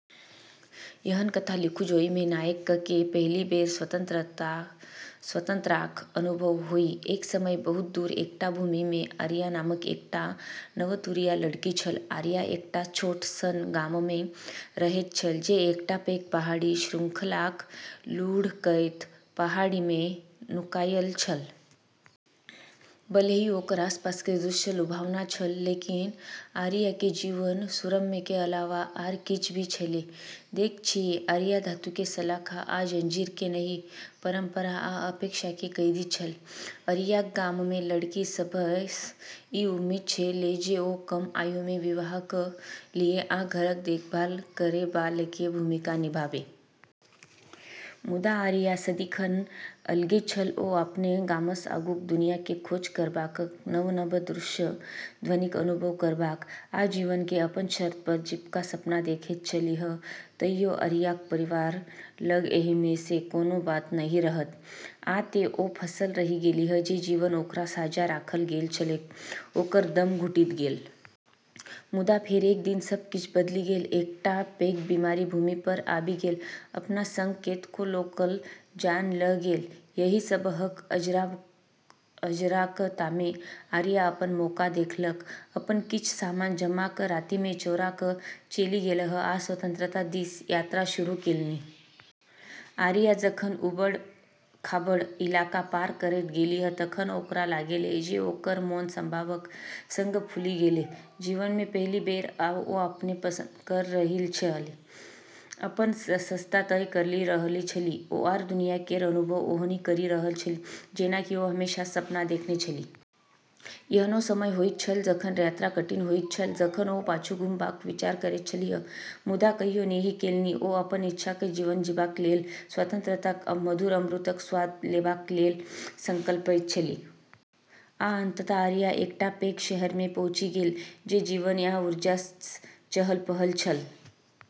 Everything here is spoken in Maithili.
एहन कथा लिखु जाहिमे नायककेँ पहिल बेर स्वतंत्रताक अनुभव होइ, एक समय बहुत दूर एकटा भूमिमे आरिया नामक एकटा नवतुरिया लड़की छल। आरिया एकटा छोट सन गाममे रहैत छल, जे एकटा पैघ पहाड़ी श्रृंखलाक लुढ़कैत पहाड़ीमे नुकायल छल। भले ही ओकर आसपासके दृश्य लुभावना छलै, लेकिन आरियाके जीवन सुरम्यके अलावा आर किछ भी छलै। देखै छियै, आरिया धातुके सलाख आ जंजीरके नहि, परंपरा आ अपेक्षाके कैदी छल। आरियाक गाममे लड़की सभसँ ई उम्मीद छलै जे ओ कम आयुमे विवाह क' लिए आ घरक देखभाल करैबलाकेँ भूमिका निभाबै । मुदा आरिया सदिखन अलगे छल; ओ अपन गामसँ आगूक दुनियाँक खोज करबाक, नव-नव दृश्य-ध्वनिक अनुभव करबाक, आ जीवनकेँ अपन शर्त पर जीबाक सपना देखैत छलीह तइयो आरियाक परिवार लग एहिमे सँ कोनो बात नहि रहैत, आ तें ओ फँसल रहि गेलीह, जे जीवन ओकरा सोझाँ राखल गेल छलैक, ओकर दम घुटि गेल। मुदा फेर, एक दिन, सब किछ बदलि गेल। एकटा पैघ बीमारी भूमि पर आबि गेल, अपना सङ्ग कतेको लोकक जान ल' गेल। एहि सबहक अराजकतामे आरिया अपन मौका देखलक। अपन किछ सामान जमा क' रातिमे चोरा क' चलि गेलीह आ स्वतंत्रता दिस यात्रा शुरू केलनि। आरिया जखन उबड़-खाबड़ इलाका पार करैत गेलीह तखन ओकरा लागलै जे ओकर मोन संभावनाक संग फूलि गेलै। जीवनमे पहिल बेर ओ अपन पसंद स्वयं करि रहल छली, अपन रस्ता तय करि रहल छली, आओर दुनिया केर अनुभव ओहिना करि रहल छली, जेना कि ओ हमेशासँ सपना देखने छली। एहनो समय होइत छल जखन यात्रा कठिन होइत छल, जखन ओ पाछू घुमबाक विचार करैत छलीह, मुदा कहियो नहि केलनि। ओ अपन इच्छाक जीवन जीबाक लेल, स्वतंत्रताक मधुर अमृतक स्वाद लेबाक लेल संकल्पित छलीह। आ, अंततः, आरिया एकटा पैघ शहरमे पहुँचि गेल, जे जीवन आ ऊर्जासँ चहल-पहल छल।